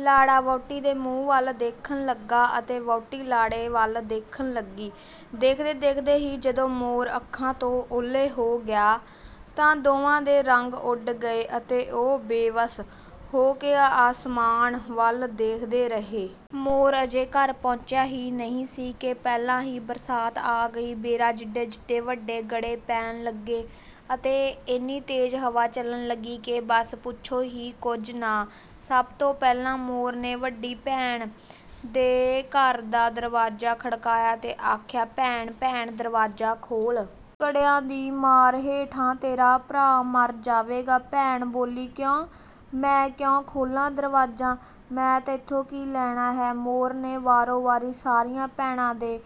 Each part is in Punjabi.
ਲਾੜਾ ਵਹੁਟੀ ਦੇ ਮੂੰਹ ਵੱਲ ਦੇਖਣ ਲੱਗਾ ਅਤੇ ਵਹੁਟੀ ਲਾੜੇ ਵੱਲ ਦੇਖਣ ਲੱਗੀ। ਦੇਖਦੇ-ਦੇਖਦੇ ਹੀ ਜਦੋਂ ਮੋਰ ਅੱਖਾਂ ਤੋਂ ਓਹਲੇ ਹੋ ਗਿਆ ਤਾਂ ਦੋਵਾਂ ਦੇ ਰੰਗ ਉੱਡ ਗਏ ਅਤੇ ਉਹ ਬੇਵਸ ਹੋ ਕੇ ਆਸਮਾਨ ਵੱਲ ਦੇਖਦੇ ਰਹੇ। ਮੋਰ ਅਜੇ ਘਰ ਪਹੁੰਚਿਆ ਹੀ ਨਹੀਂ ਸੀ ਕਿ ਪਹਿਲਾਂ ਹੀ ਬਰਸਾਤ ਆ ਗਈ। ਬੇਰਾਂ ਜਿੱਡੇ-ਜਿੱਡੇ ਵੱਡੇ ਗੜੇ ਪੈਣ ਲੱਗੇ ਅਤੇ ਇੰਨੀ ਤੇਜ਼ ਹਵਾ ਚੱਲਣ ਲੱਗੀ ਕਿ ਬੱਸ ਪੁੱਛੋ ਹੀ ਕੁਝ ਨਾ। ਸਭ ਤੋਂ ਪਹਿਲਾਂ ਮੋਰ ਨੇ ਵੱਡੀ ਭੈਣ ਦੇ ਘਰ ਦਾ ਦਰਵਾਜ਼ਾ ਖੜਕਾਇਆ ਅਤੇ ਆਖਿਆ, "ਭੈਣ, ਭੈਣ, ਦਰਵਾਜ਼ਾ ਖੋਲ੍ਹ! ਗੜਿਆਂ ਦੀ ਮਾਰ ਹੇਠਾਂ ਤੇਰਾ ਭਰਾ ਮਰ ਜਾਵੇਗਾ।" ਭੈਣ ਬੋਲੀ, "ਕਿਉਂ? ਮੈਂ ਕਿਉਂ ਖੋਲ੍ਹਾਂ ਦਰਵਾਜ਼ਾ? ਮੈਂ ਤੈਥੋਂ ਕੀ ਲੈਣਾ ਹੈ?" ਮੋਰ ਨੇ ਵਾਰੋ-ਵਾਰੀ ਸਾਰੀਆਂ ਭੈਣਾਂ ਦੇ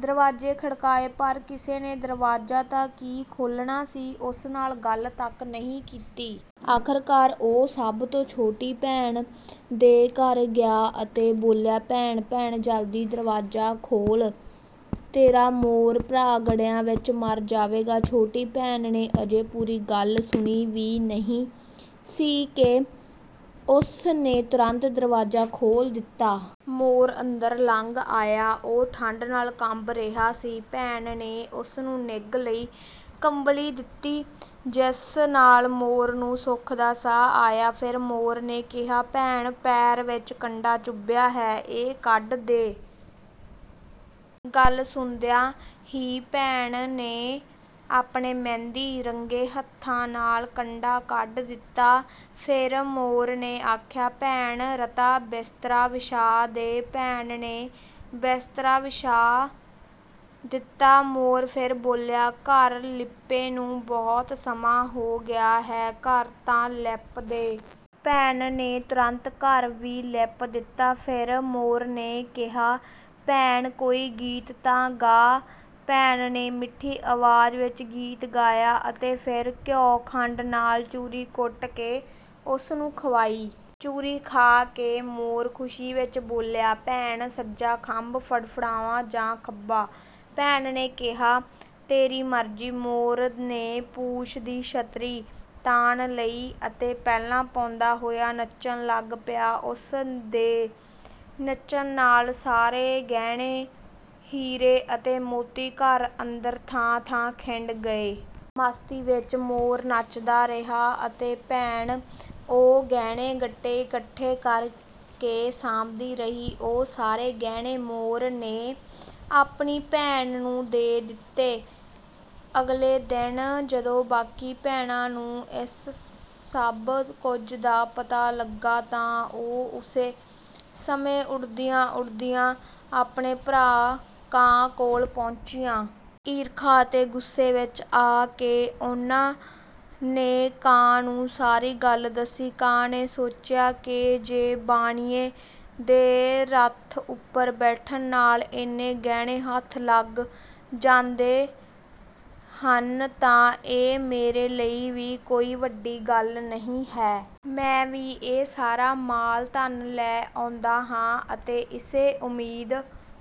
ਦਰਵਾਜ਼ੇ ਖੜਕਾਏ, ਪਰ ਕਿਸੇ ਨੇ ਦਰਵਾਜ਼ਾ ਤਾਂ ਕੀ ਖੋਲ੍ਹਣਾ ਸੀ, ਉਸ ਨਾਲ ਗੱਲ ਤੱਕ ਨਹੀਂ ਕੀਤੀ। ਆਖ਼ਰਕਾਰ ਉਹ ਸਭ ਤੋਂ ਛੋਟੀ ਭੈਣ ਦੇ ਘਰ ਗਿਆ ਅਤੇ ਬੋਲਿਆ, "ਭੈਣ-ਭੈਣ, ਜਲਦੀ ਦਰਵਾਜ਼ਾ ਖੋਲ੍ਹ, ਤੇਰਾ ਮੋਰ ਭਰਾ ਗੜਿਆਂ ਵਿੱਚ ਮਰ ਜਾਵੇਗਾ।" ਛੋਟੀ ਭੈਣ ਨੇ ਅਜੇ ਪੂਰੀ ਗੱਲ ਸੁਣੀ ਵੀ ਨਹੀਂ ਸੀ ਕਿ ਉਸ ਨੇ ਤੁਰੰਤ ਦਰਵਾਜ਼ਾ ਖੋਲ੍ਹ ਦਿੱਤਾ। ਮੋਰ ਅੰਦਰ ਲੰਘ ਆਇਆ, ਉਹ ਠੰਢ ਨਾਲ ਕੰਬ ਰਿਹਾ ਸੀ। ਭੈਣ ਨੇ ਉਸ ਨੂੰ ਨਿੱਘ ਲਈ ਕੰਬਲੀ ਦਿੱਤੀ, ਜਿਸ ਨਾਲ ਮੋਰ ਨੂੰ ਸੁੱਖ ਦਾ ਸਾਹ ਆਇਆ। ਫਿਰ ਮੋਰ ਨੇ ਕਿਹਾ, "ਭੈਣ, ਪੈਰ ਵਿੱਚ ਕੰਡਾ ਚੁਭਿਆ ਹੈ, ਇਹ ਕੱਢ ਦੇ।" ਗੱਲ ਸੁਣਦਿਆਂ ਹੀ ਭੈਣ ਨੇ ਆਪਣੇ ਮਹਿੰਦੀ ਰੰਗੇ ਹੱਥਾਂ ਨਾਲ ਕੰਡਾ ਕੱਢ ਦਿੱਤਾ। ਫਿਰ ਮੋਰ ਨੇ ਆਖਿਆ, "ਭੈਣ, ਰਤਾ ਬਿਸਤਰਾ ਵਿਛਾ ਦੇ।" ਭੈਣ ਨੇ ਬਿਸਤਰਾ ਵਿਛਾ ਦਿੱਤਾ। ਮੋਰ ਫਿਰ ਬੋਲਿਆ, "ਘਰ ਲਿੱਪੇ ਨੂੰ ਬਹੁਤ ਸਮਾਂ ਹੋ ਗਿਆ ਹੈ, ਘਰ ਤਾਂ ਲਿੱਪ ਦੇ।" ਭੈਣ ਨੇ ਤੁਰੰਤ ਘਰ ਵੀ ਲਿੱਪ ਦਿੱਤਾ। ਫਿਰ ਮੋਰ ਨੇ ਕਿਹਾ, "ਭੈਣ, ਕੋਈ ਗੀਤ ਤਾਂ ਗਾ।" ਭੈਣ ਨੇ ਮਿੱਠੀ ਆਵਾਜ਼ ਵਿੱਚ ਗੀਤ ਗਾਇਆ ਅਤੇ ਫਿਰ ਘਿਓ-ਖੰਡ ਨਾਲ ਚੂਰੀ ਕੁੱਟ ਕੇ ਉਸ ਨੂੰ ਖਵਾਈ। ਚੂਰੀ ਖਾ ਕੇ ਮੋਰ ਖ਼ੁਸ਼ੀ ਵਿੱਚ ਬੋਲਿਆ, "ਭੈਣ, ਸੱਜਾ ਖੰਭ ਫੜਫੜਾਵਾਂ ਜਾਂ ਖੱਬਾ?" ਭੈਣ ਨੇ ਕਿਹਾ, "ਤੇਰੀ ਮਰਜ਼ੀ।" ਮੋਰ ਨੇ ਪੂਛ ਦੀ ਛਤਰੀ ਤਾਣ ਲਈ ਅਤੇ ਪੈਲਾਂ ਪਾਉਂਦਾ ਹੋਇਆ ਨੱਚਣ ਲੱਗ ਪਿਆ। ਉਸ ਦੇ ਨੱਚਣ ਨਾਲ ਸਾਰੇ ਗਹਿਣੇ, ਹੀਰੇ ਅਤੇ ਮੋਤੀ ਘਰ ਅੰਦਰ ਥਾਂ-ਥਾਂ ਖਿੰਡ ਗਏ। ਮਸਤੀ ਵਿੱਚ ਮੋਰ ਨੱਚਦਾ ਰਿਹਾ ਅਤੇ ਭੈਣ ਉਹ ਗਹਿਣੇ-ਗੱਟੇ ਇਕੱਠੇ ਕਰ ਕੇ ਸਾਂਭਦੀ ਰਹੀ। ਉਹ ਸਾਰੇ ਗਹਿਣੇ ਮੋਰ ਨੇ ਆਪਣੀ ਭੈਣ ਨੂੰ ਦੇ ਦਿੱਤੇ। ਅਗਲੇ ਦਿਨ ਜਦੋਂ ਬਾਕੀ ਭੈਣਾਂ ਨੂੰ ਇਸ ਸਭ ਕੁਝ ਦਾ ਪਤਾ ਲੱਗਾ ਤਾਂ ਉਹ ਉਸੇ ਸਮੇਂ ਉੱਡਦੀਆਂ-ਉੱਡਦੀਆਂ ਆਪਣੇ ਭਰਾ ਕਾਂ ਕੋਲ ਪਹੁੰਚੀਆਂ। ਈਰਖਾ ਅਤੇ ਗੁੱਸੇ ਵਿੱਚ ਆ ਕੇ ਉਨ੍ਹਾਂ ਨੇ ਕਾਂ ਨੂੰ ਸਾਰੀ ਗੱਲ ਦੱਸੀ। ਕਾਂ ਨੇ ਸੋਚਿਆ ਕਿ ਜੇ ਬਾਣੀਏ ਦੇ ਰੱਥ ਉੱਪਰ ਬੈਠਣ ਨਾਲ ਇੰਨੇ ਗਹਿਣੇ ਹੱਥ ਲੱਗ ਜਾਂਦੇ ਹਨ, ਤਾਂ ਇਹ ਮੇਰੇ ਲਈ ਵੀ ਕੋਈ ਵੱਡੀ ਗੱਲ ਨਹੀਂ ਹੈ। ਮੈਂ ਵੀ ਇਹ ਸਾਰਾ ਮਾਲ-ਧਨ ਲੈ ਆਉਂਦਾ ਹਾਂ, ਅਤੇ ਇਸੇ ਉਮੀਦ